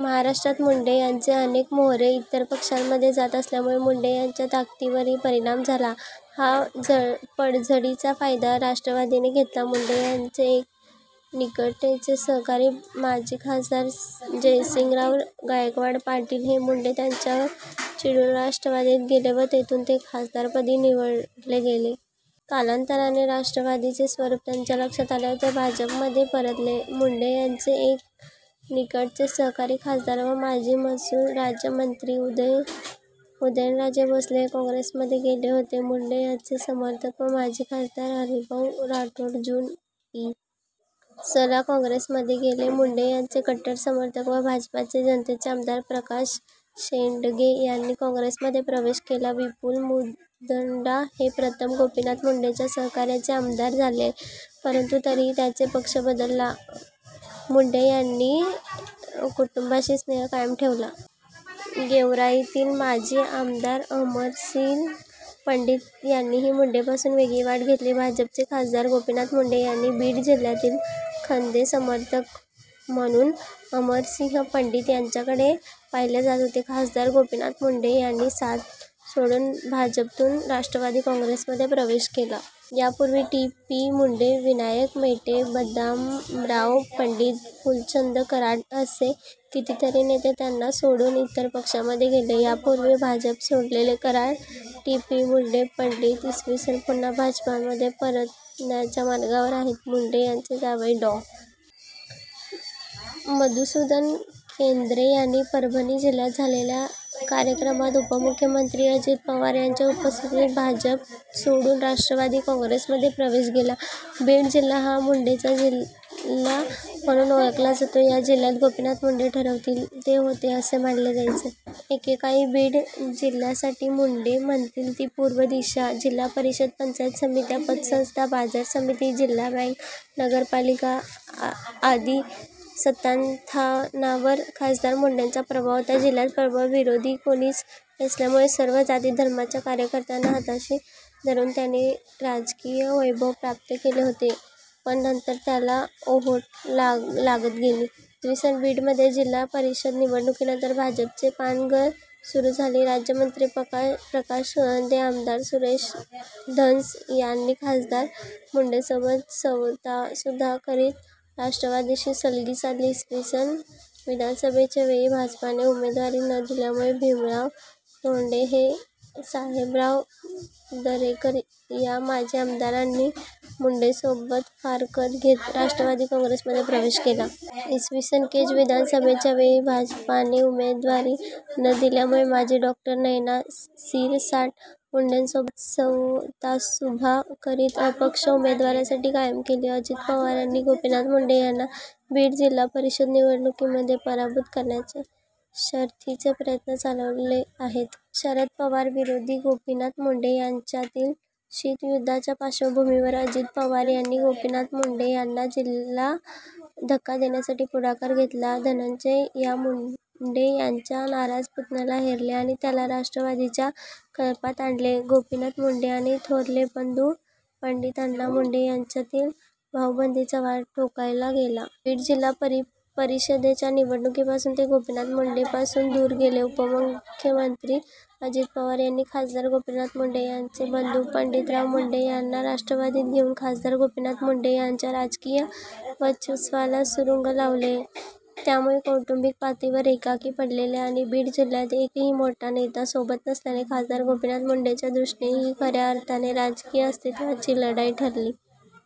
महाराष्ट्रात मुंडे यांचे अनेक मोहरे इतर पक्षामध्ये जात असल्यामुळे मुंडे यांच्या ताकदीवरही परिणाम झाला. या पडझडीचा फायदा राष्ट्रवादीने घेतला. मुंडे यांचे एक निकटचे सहकारी माजी खासदार जयसिंहराव गायकवाड पाटील हे मुंडे यांच्यावर चिडून राष्ट्रवादीत गेले व तेथून ते खासदारपदी निवडले गेले. कालांतराने राष्ट्रवादीचे स्वरूप त्यांच्या लक्षात आल्यावर ते भाजपमध्ये परतले. मुंडे यांचे एक निकटचे सहकारी खासदार व माजी महसूल राज्यमंत्री उदयनराजे भोसले हे काँग्रेसमध्ये गेले होते. मुंडे यांचे समर्थक व माजी खासदार हरिभाऊ राठोड जून, इ. स. ला काँग्रेसमध्ये गेले. मुंडे यांचे कट्टर समर्थक व भाजपचे जतचे आमदार प्रकाश शेंडगे यांनी काँग्रेसमध्ये प्रवेश केला. विमल मुंदडा हे प्रथम गोपीनाथ मुंडेंच्या सहकार्याने आमदार झाले परंतु तरीही त्यांनी पक्ष बदलला. मुंदडा यांनी मुंडे कुटुंबाशी स्नेह कायम ठेवला. गेवराईतील माजी आमदार अमरसिंह पंडित यांनीही मुंडेंपासून वेगळी वाट घेतली. भाजपचे खासदार गोपीनाथ मुंडे यांचे बीडजिल्हय़ातील खन्दे समर्थक म्हणून अमरसिंह पण्डित यांच्याकडे पाहिले जात होते. खासदार गोपीनाथ मुंडे यांची साथ सोडून भाजपतून राष्ट्रवादी काँग्रेसमध्ये प्रवेश केला. यापूर्वीही टी. पी. मुंडे, विनायक मेटे, बदामराव पण्डित, फुलचंद कराड असे कितीतरी नेते त्यांना सोडून इतर पक्षांमध्ये गेले. यापूर्वी भाजप सोडलेले कराड, टी. पी. मुंडे, पंडित, इ. पुन्हा भाजपमध्ये परतण्याच्या मार्गावर आहेत. मुंडे यांचे जावई डॉ. मधुसुदन केन्द्रे यांनी परभणी जिल्ह्यात झालेल्या कार्यक्रमात उपमुख्यमंत्री अजित पवार यांच्या उपस्थितीत भाजप सोडून राष्ट्रवादी काँग्रेसमध्ये प्रवेश केला. बीड जिल्हा हा मुंडेंचा जिल्हा म्हणून ओळखला जातो. या जिल्ह्यात गोपीनाथ मुंडे ठरवतील ते होते असे मानले जायचे. एकेकाळी बीड जिल्ह्यासाठी मुंडे म्हणतील ती पूर्व दिशा होती. जिल्हा परिषद, पंचायत समित्या, पतसंस्था, बाजार समित्या, जिल्हा बँक, नगरपालिका आदी सत्तास्थानांवर खासदार मुंडेंचा प्रभाव होता. जिल्ह्यात प्रबळ विरोधक कोणीच नसल्यामुळे सर्व जाती-धर्मांच्या कार्यकर्त्यांना हाताशी धरून त्यांनी राजकीय वैभव प्राप्त केले होते, पण नंतर याला ओहोटी लागत गेली. इ. स. बीड मध्ये जिल्हा परिषद निवडणुकीनंतर भाजपमध्ये पानगळ सुरू झाली. राज्यमंत्री प्रकाश सोळंके, आमदार सुरेश धस यांनी खासदार मुंडेंसोबत सवतासुभा करीत राष्ट्रवादीशी सलगी साधली. इ. स. विधानसभेच्या वेळी भाजपाने उमेदवारी न दिल्यामुळे भीमराव धोण्डे व साहेबराव दरेकर या माजी आमदारांनी मुंडेंसोबत फारकत घेत राष्ट्रवादी काँग्रेसमध्ये प्रवेश केला. इ. स. केज विधानसभेच्या वेळी भाजपाने उमेदवारी न दिल्यामुळे माजी डॉ. नयना सिरसाट मुंडेंसोबत सवतासुभा करीत अपक्ष उमेदवारी कायम केली। अजित पवारांनी गोपीनाथ मुंडे यांना बीड जिल्हा परिषद निवडणुकीमध्ये पराभूत करण्याचे शर्थीचे प्रयत्न चालवले आहेत. शरद पवार विरुद्ध गोपीनाथ मुंडे यांच्यातील शीतयुद्धाच्या पार्श्वभूमीवर अजित पवार यांनी गोपीनाथ मुंडे यांना त्यांच्या जिल्ह्यात धक्का देण्यासाठी पुढाकार घेतला. धनंजय या मुंडे यांच्या नाराज पुतण्याला हेरले आणि त्याला राष्ट्रवादीच्या कळपात आणले. गोपीनाथ मुंडे आणि थोरले बंधू पण्डितअण्णा मुंडे यांच्यातील भाऊबंदकीचा वाद टोकाला गेला. बीड जिल्हा परिषदेच्या निवडणुकीपासून ते गोपीनाथ मुंडेपासून दूर गेले. उपमुख्यमंत्री अजित पवार यांनी खासदार गोपीनाथ मुंडे यांचे बंधू पण्डितराव मुंडे यांना राष्ट्रवादीत घेऊन खासदार गोपीनाथ मुंडे यांच्या राजकीय वर्चस्वाला सुरूंग लावले. त्यामुळे कौटुम्बिक पातळीवर एकाकी पडलेल्या आणि बीड जिल्ह्यातला एकही मोठा नेता सोबत नसल्याने खासदार गोपीनाथ मुंडेंच्या दृष्टीने ही खऱ्या अर्थाने राजकीय अस्तित्वाची लढाई ठरली.